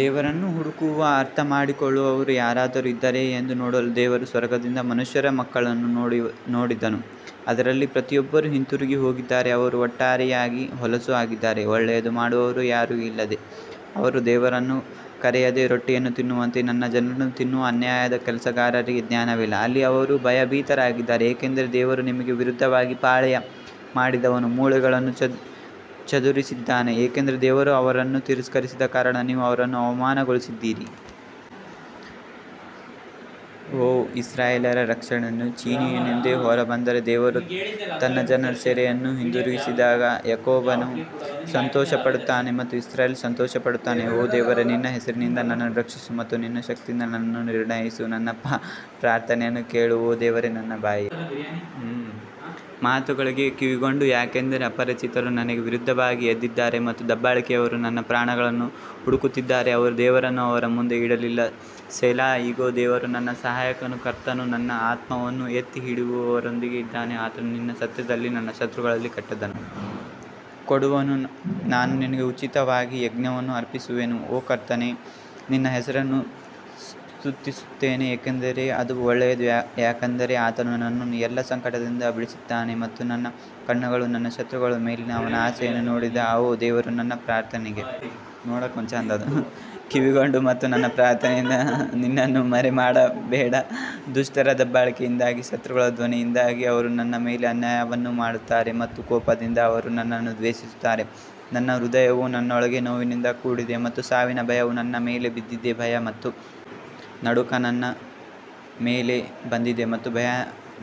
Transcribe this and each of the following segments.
ದೇವರನ್ನು ಹುಡುಕುವ ಅರ್ಥಮಾಡಿಕೊಳ್ಳುವವರು ಯಾರಾದರೂ ಇದ್ದಾರೆಯೇ ಎಂದು ನೋಡಲು ದೇವರು ಸ್ವರ್ಗದಿಂದ ಮನುಷ್ಯರ ಮಕ್ಕಳನ್ನು ನೋಡಿದನು ಅವರಲ್ಲಿ ಪ್ರತಿಯೊಬ್ಬರು ಹಿಂತಿರುಗಿ ಹೋಗಿದ್ದಾರೆ ಅವರು ಒಟ್ಟಾರೆಯಾಗಿ ಹೊಲಸು ಆಗಿದ್ದಾರೆ ಒಳ್ಳೆಯದು ಮಾಡುವವರು ಯಾರೂ ಇಲ್ಲ ಅವರು ದೇವರನ್ನು ಕರೆಯದ ರೊಟ್ಟಿಯನ್ನು ತಿನ್ನುವಂತೆ ನನ್ನ ಜನರನ್ನು ತಿನ್ನುವ ಅನ್ಯಾಯದ ಕೆಲಸಗಾರರಿಗೆ ಜ್ಞಾನವಿಲ್ಲ ಅಲ್ಲಿ ಅವರು ಭಯಭೀತರಾಗಿದ್ದರು, ಏಕೆಂದರೆ ದೇವರು ನಿಮಗೆ ವಿರುದ್ಧವಾಗಿ ಪಾಳೆಯ ಮಾಡಿದವನ ಮೂಳೆಗಳನ್ನು ಚದುರಿಸಿದ್ದಾನೆ, ಏಕೆಂದರೆ ದೇವರು ಅವರನ್ನು ತಿರಸ್ಕರಿಸಿದ ಕಾರಣ ನೀವು ಅವರನ್ನು ಅವಮಾನಗೊಳಿಸಿದ್ದೀರಿ. ಓಹ್, ಇಸ್ರಾಯೇಲ್ಯರ ರಕ್ಷಣೆಯು ಚೀಯೋನಿನಿಂದ ಹೊರಬಂದರೆ, ದೇವರು ತನ್ನ ಜನರ ಸೆರೆಯನ್ನು ಹಿಂದಿರುಗಿಸಿದಾಗ ಯಾಕೋಬನು ಸಂತೋಷಪಡುತ್ತಾನೆ ಮತ್ತು ಇಸ್ರೇಲ್ ಸಂತೋಷಪಡುತ್ತಾನೆ. ಓ ದೇವರೇ ನಿನ್ನ ಹೆಸರಿನಿಂದ ನನ್ನನ್ನು ರಕ್ಷಿಸು ಮತ್ತು ನಿನ್ನ ಶಕ್ತಿಯಿಂದ ನನ್ನನ್ನು ನಿರ್ಣಯಿಸು ನನ್ನ ಪ್ರಾರ್ಥನೆಯನ್ನು ಕೇಳು ಓ ದೇವರೇ ನನ್ನ ಬಾಯಿಯ ಮಾತುಗಳಿಗೆ ಕಿವಿಗೊಡು ಯಾಕಂದರೆ ಅಪರಿಚಿತರು ನನಗೆ ವಿರುದ್ಧವಾಗಿ ಎದ್ದಿದ್ದಾರೆ ಮತ್ತು ದಬ್ಬಾಳಿಕೆಯವರು ನನ್ನ ಪ್ರಾಣವನ್ನು ಹುಡುಕುತ್ತಿದ್ದಾರೆ ಅವರು ದೇವರನ್ನು ಅವರ ಮುಂದೆ ಇಡಲಿಲ್ಲ ಸೆಲಾ ಇಗೋ, ದೇವರು ನನ್ನ ಸಹಾಯಕನು, ಕರ್ತನು ನನ್ನ ಆತ್ಮವನ್ನು ಎತ್ತಿಹಿಡಿಯುವವರೊಂದಿಗೆ ಇದ್ದಾನೆ ಆತನು ನಿನ್ನ ಸತ್ಯದಲ್ಲಿ ನನ್ನ ಶತ್ರುಗಳಿಗೆ ಕೆಟ್ಟದ್ದನ್ನು ಕೊಡುವನು ನಾನು ನಿನಗೆ ಉಚಿತವಾಗಿ ಯಜ್ಞವನ್ನು ಅರ್ಪಿಸುವೆನು, ಓ ಕರ್ತನೇ ನಿನ್ನ ಹೆಸರನ್ನು ಸ್ತುತಿಸುತ್ತೇನೆ ಏಕೆಂದರೆ ಅದು ಒಳ್ಳೆಯದು ಯಾಕಂದರೆ ಆತನು ನನ್ನನ್ನು ಎಲ್ಲಾ ಸಂಕಟದಿಂದ ಬಿಡಿಸಿದ್ದಾನೆ ಮತ್ತು ನನ್ನ ಕಣ್ಣುಗಳು ನನ್ನ ಶತ್ರುಗಳ ಮೇಲಿನ ಅವನ ಆಸೆಯನ್ನು ನೋಡಿದೆ ಓ ದೇವರೇ ನನ್ನ ಪ್ರಾರ್ಥನೆಗೆ ಕಿವಿಗೊಡು ಮತ್ತು ನನ್ನ ಪ್ರಾರ್ಥನೆಯಿಂದ ನಿನ್ನನ್ನು ಮರೆಮಾಡಬೇಡ ದುಷ್ಟರ ದಬ್ಬಾಳಿಕೆಯಿಂದಾಗಿ ಶತ್ರುಗಳ ಧ್ವನಿಯಿಂದಾಗಿ ಅವರು ನನ್ನ ಮೇಲೆ ಅನ್ಯಾಯವನ್ನು ಮಾಡುತ್ತಾರೆ ಮತ್ತು ಕೋಪದಿಂದ ಅವರು ನನ್ನನ್ನು ದ್ವೇಷಿಸುತ್ತಾರೆ ನನ್ನ ಹೃದಯವು ನನ್ನೊಳಗೆ ನೋವಿನಿಂದ ಕೂಡಿದೆ ಮತ್ತು ಸಾವಿನ ಭಯವು ನನ್ನ ಮೇಲೆ ಬಿದ್ದಿದೆ ಭಯ ಮತ್ತು ನಡುಕ ನನ್ನ ಮೇಲೆ ಬಂದಿವೆ ಮತ್ತು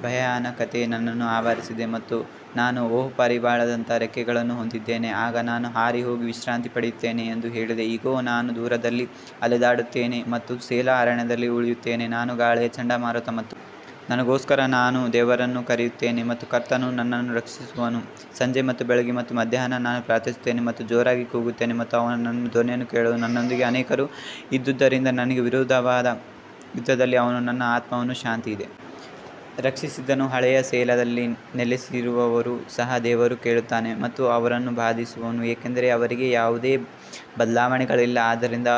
ಭಯಾನಕತೆಯು ನನ್ನನ್ನು ಆವರಿಸಿದೆ ಮತ್ತು ನಾನು ಓಹ್, ಪಾರಿವಾಳದಂತಹ ರೆಕ್ಕೆಗಳನ್ನು ಹೊಂದಿದ್ದೇನೆ, ಆಗ ನಾನು ಹಾರಿಹೋಗಿ ವಿಶ್ರಾಂತಿ ಪಡೆಯುತ್ತೇನೆ ಎಂದು ಹೇಳಿದೆ ಇಗೋ, ನಾನು ದೂರದಲ್ಲಿ ಅಲೆದಾಡುತ್ತೇನೆ ಮತ್ತು ಸೇಲಾ ಅರಣ್ಯದಲ್ಲಿ ಉಳಿಯುತ್ತೇನೆ ನಾನು ಗಾಳಿಯ ಚಂಡಮಾರುತ ಮತ್ತು ನನಗೋಸ್ಕರ ನಾನು ದೇವರನ್ನು ಕರೆಯುತ್ತೇನೆ ಮತ್ತು ಕರ್ತನು ನನ್ನನ್ನು ರಕ್ಷಿಸುವನು ಸಂಜೆ ಮತ್ತು ಬೆಳಿಗ್ಗೆ ಮತ್ತು ಮಧ್ಯಾಹ್ನ ನಾನು ಪ್ರಾರ್ಥಿಸುತ್ತೇನೆ ಮತ್ತು ಜೋರಾಗಿ ಕೂಗುತ್ತೇನೆ ಮತ್ತು ಅವನು ನನ್ನ ಧ್ವನಿಯನ್ನು ಕೇಳುವನು ನನ್ನೊಂದಿಗೆ ಅನೇಕರು ಇದ್ದುದರಿಂದ ನನಗೆ ವಿರುದ್ಧವಾದ ಯುದ್ಧದಿಂದ ಅವನು ನನ್ನ ಆತ್ಮವನ್ನು ಶಾಂತಿಯಿಂದ ರಕ್ಷಿಸಿದನು ಹಳೆಯ ಸೆಲಾದಲ್ಲಿ ನೆಲೆಸಿರುವವರೂ ಸಹ ದೇವರು ಕೇಳುತ್ತಾನೆ ಮತ್ತು ಅವರನ್ನು ಬಾಧಿಸುವನು ಏಕೆಂದರೆ ಅವರಿಗೆ ಯಾವುದೇ ಬದಲಾವಣೆಗಳಿಲ್ಲ, ಆದ್ದರಿಂದ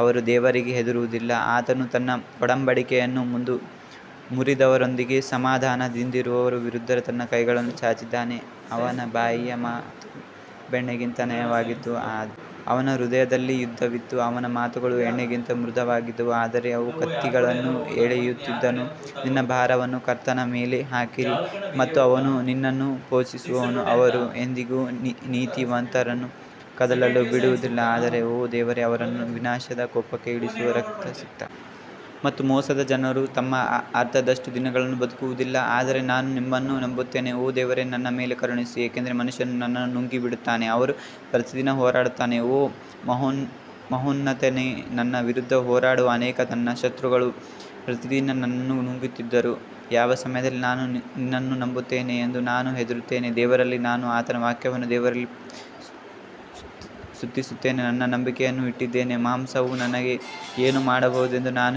ಅವರು ದೇವರಿಗೆ ಹೆದರುವುದಿಲ್ಲ ಆತನು ತನ್ನ ಒಡಂಬಡಿಕೆಯನ್ನು ಮುರಿದವರೊಂದಿಗೆ ಸಮಾಧಾನದಿಂದಿರುವವರ ವಿರುದ್ಧ ತನ್ನ ಕೈಗಳನ್ನು ಚಾಚಿದ್ದಾನೆ ಅವನ ಬಾಯಿಯ ಮಾತು ಬೆಣ್ಣೆಗಿಂತ ನಯವಾಗಿತ್ತು ಆದರೆ ಅವನ ಹೃದಯದಲ್ಲಿ ಯುದ್ಧವಿತ್ತು ಅವನ ಮಾತುಗಳು ಎಣ್ಣೆಗಿಂತ ಮೃದುವಾಗಿದ್ದವು ಆದರೆ ಅವು ಕತ್ತಿಗಳನ್ನು ಎಳೆಯುತ್ತಿದ್ದವು ನಿನ್ನ ಭಾರವನ್ನು ಕರ್ತನ ಮೇಲೆ ಹಾಕಿರಿ ಮತ್ತು ಆತನು ನಿನ್ನನ್ನು ಪೋಷಿಸುವನು ಅವನು ಎಂದಿಗೂ ನೀತಿವಂತರನ್ನು ಕದಲಲು ಬಿಡುವುದಿಲ್ಲ ಆದರೆ ಓ ದೇವರೇ ಅವರನ್ನು ವಿನಾಶದ ಕೂಪಕ್ಕೆ ಇಳಿಸುವೆ, ರಕ್ತಸಿಕ್ತ ಮತ್ತು ಮೋಸದ ಜನರು ತಮ್ಮ ಅರ್ಧದಷ್ಟು ದಿನಗಳನ್ನು ಬದುಕುವುದಿಲ್ಲ ಆದರೆ ನಾನು ನಿನ್ನನ್ನು ನಂಬುತ್ತೇನೆ ಓ ದೇವರೇ ನನ್ನ ಮೇಲೆ ಕರುಣಿಸು, ಏಕೆಂದರೆ ಮನುಷ್ಯನು ನನ್ನನ್ನು ನುಂಗಿಬಿಡುತ್ತಾನೆ, ಅವನು ಪ್ರತಿದಿನ ಹೋರಾಡುತ್ತಾನೆ ಓ ಮಹೋನ್ನತನೇ, ನನ್ನ ವಿರುದ್ಧ ಹೋರಾಡುವ ಅನೇಕರು ನನ್ನ ಶತ್ರುಗಳು ಪ್ರತಿದಿನ ನನ್ನನ್ನು ನುಂಗುತ್ತಿದ್ದರು ಯಾವ ಸಮಯದಲ್ಲಿ ನಾನು ನಿನ್ನನ್ನು ನಂಬುತ್ತೇನೆ ಎಂದು ನಾನು ಹೆದರುತ್ತೇನೆ ದೇವರಲ್ಲಿ ನಾನು ಆತನ ವಾಕ್ಯವನ್ನು ದೇವರಲ್ಲಿ ಸ್ತುತಿಸುತ್ತೇನೆ ನಾನು ನನ್ನ ನಂಬಿಕೆಯನ್ನು ಇಟ್ಟಿದ್ದೇನೆ ಮಾಂಸವು ನನಗೆ ಏನು ಮಾಡಬಹುದೆಂದು ನಾನು ಹೆದರುವುದಿಲ್ಲ.